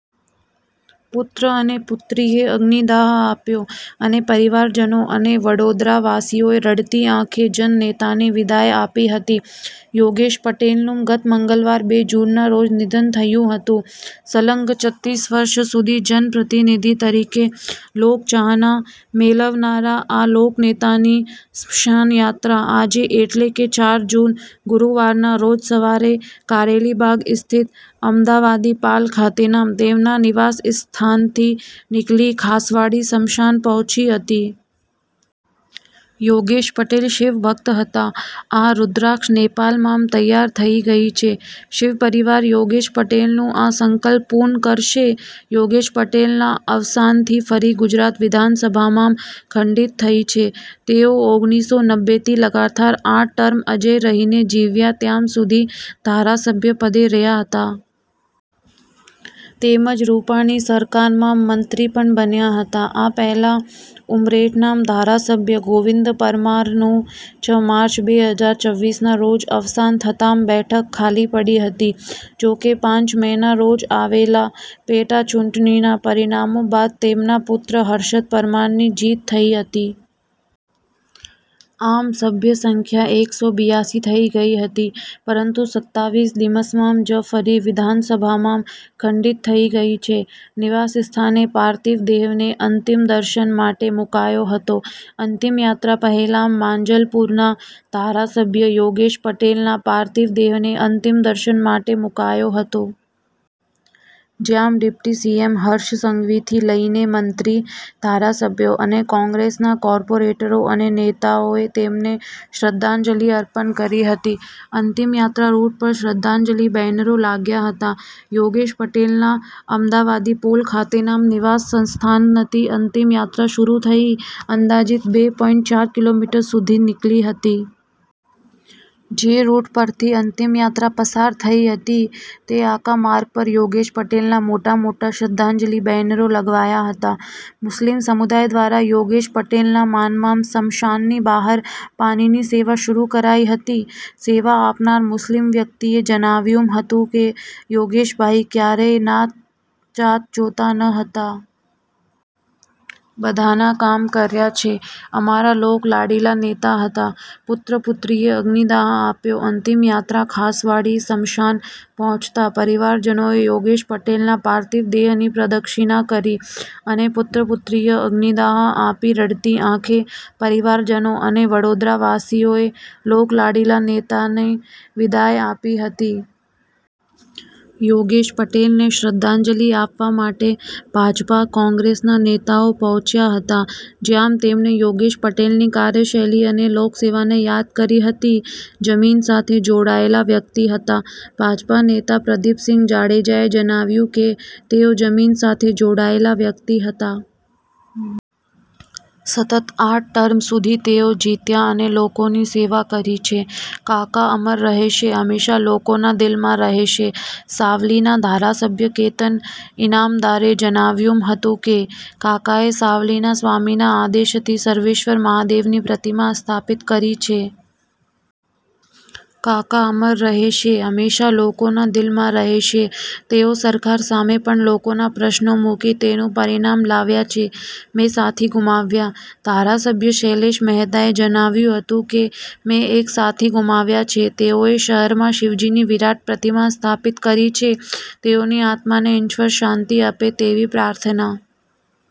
પુત્ર અને પુત્રીએ અગ્નિદાહ આપ્યો, અને પરિવારજનો અને વડોદરાવાસીઓએ રડતી આંખે જન નેતાને વિદાય આપી હતી. યોગેશ પટેલનું ગત મંગળવાર, બે જૂનના રોજ નિધન થયું હતું. સળંગ છત્રીસ વર્ષ સુધી જનપ્રતિનિધિ તરીકે લોકચાહના મેળવનારા આ લોકનેતાની સ્મશાનયાત્રા આજે એટલે કે ચાર જૂન, ગુરૂવારના રોજ સવારે કારેલીબાગ સ્થિત 'અમદાવાદી પોળ' ખાતેના તેમના નિવાસસ્થાનેથી નીકળી, ખાસવાડી સ્મશાન પહોંચી હતી. યોગેશ પટેલ શિવ ભક્ત હતા. આ રુદ્રાક્ષ નેપાળમાં તૈયાર થઈ ગઈ છે. શિવ પરિવાર યોગેશ પટેલનો આ સંકલ્પ પૂર્ણ કરશે. યોગેશ પટેલના અવસાનથી ફરી ગુજરાત વિધાનસભા ખંડિત થઈ છે. તેઓ ઓગરીસો નેવું થી સતત આઠ ટર્મ અજેય રહીને જીવ્યા ત્યાં સુધી ધારાસભ્ય પદે રહ્યા હતા. તેમજ રૂપાણી સરકારમાં મંત્રી પણ બન્યા હતા. આ પહેલાં ઉમરેઠના ધારાસભ્ય ગોવિંદ પરમારનું છ માર્ચ, બે હજાર છવીસના રોજ અવસાન થતાં બેઠક ખાલી પડી હતી. જોકે પાંચ મેના રોજ આવેલા પેટાચૂંટણીના પરિણામો બાદ તેમના પુત્ર હર્ષદ પરમારની જીત થઈ હતી. આમ સભ્ય સંખ્યા એકસો બિયાસી થઈ ગઈ હતી, પરંતુ સત્યાવીસ દિવસમાં જ ફરી વિધાનસભા ખંડિત થઈ ગઈ છે. નિવાસ સ્થાને પાર્થિવ દેહને અંતિમ દર્શન માટે મુકાયો હતો. અંતિમયાત્રા પહેલાં માંજલપુરના ધારાસભ્ય યોગેશ પટેલના પાર્થિવ દેહને અંતિમ દર્શન માટે મુકાયો હતો. જ્યાં ડેપ્યુટી સીએમ હર્ષ સંઘવીથી લઇને મંત્રી, ધારાસભ્યો અને કોંગ્રેસના કોર્પોરેટરો અને નેતાઓએ તેમણે શ્રદ્ધાંજલિ અપર્ણ કરી હતી. અંતિમયાત્રાના રૂટ પર શ્રદ્ધાંજલિ બેનરો લાગ્યા હતા. યોગેશ પટેલના 'અમદાવાદીપોળ' ખાતેના નિવાસ સ્થાનેથી અંતિમ યાત્રા શરૂ થઈ અંદાજિત બે પોઈન્ટ ચાર કિમી સુધી નીકળી હતી. જે રૂટ પરથી અંતિમયાત્રા પસાર થઈ હતી તે આખા માર્ગ પર યોગેશ પટેલના મોટા-મોટા શ્રદ્ધાંજલિ બેનરો લગાવાયા હતા. મુસ્લિમ સમુદાય દ્વારા યોગેશ પટેલના માનમાં સ્મશાનની બહાર પાણીની સેવા શરૂ કરાઈ હતી. સેવા આપનાર મુસ્લિમ વ્યક્તિએ જણાવ્યું હતું કે, "યોગેશભાઈ ક્યારેય નાત જાત જોતા ન હતા. બધાના કામ કર્યા છે. અમારા લોક લાડીલા નેતા હતા." પુત્ર-પુત્રીએ અગ્નિદાહ આપ્યો. અંતિમયાત્રા ખાસવાડી સ્મશાન પહોંચતા પરિવારજનોએ યોગેશ પટેલના પાર્થિવ દેહની પ્રદક્ષિણા કરી, અને પુત્ર-પુત્રીએ અગ્નિદાહ આપી રડતી આંખે પરિવારજનો અને વડોદરાવાસીઓએ લોકલાડીલા નેતાને વિદાય આપી હતી. યોગેશ પટેલને શ્રદ્ધાંજલિ આપવા માટે ભાજપ-કોંગ્રેસના નેતાઓ પહોંચ્યા હતા. જ્યાં તેમણે યોગેશ પટેલની કાર્યશૈલી અને લોકસેવાને યાદ કરી હતી. જમીન સાથે જોડાયેલા વ્યક્તિ હતા. ભાજપ નેતા પ્રદિપસિંહ જાડેજાએ જણાવ્યું કે "તેઓ જમીન સાથે જોડાયેલા વ્યક્તિ હતા. સતત આઠ ટર્મ સુધી તેઓ જીત્યા અને લોકોની સેવા કરી છે. કાકા અમર રહેશે, હંમેશા લોકોના દિલમાં રહેશે." સાવલીના ધારાસભ્ય કેતન ઈનામદારે જણાવ્યું હતું કે, "કાકાએ સાવલીના સ્વામીના આદેશથી સર્વેશ્વર મહાદેવની પ્રતિમા સ્થાપિત કરી છે. કાકા અમર રહેશે, હંમેશા લોકોના દિલમાં રહેશે. તેઓ સરકાર સામે પણ લોકોના પ્રશ્નો મૂકી તેનું પરિણામ લાવ્યા છે. મેં સાથી ગુમાવ્યા." ધારાસભ્ય શૈલેષ મહેતાએ જણાવ્યું હતું કે, "મેં એક સાથી ગુમાવ્યા છે. તેઓએ શહેરમાં શિવજીની વિરાટ પ્રતિમા સ્થાપિત કરી છે. તેઓની આત્માને ઈશ્વર શાંતિ અર્પે તેવી પ્રાર્થના."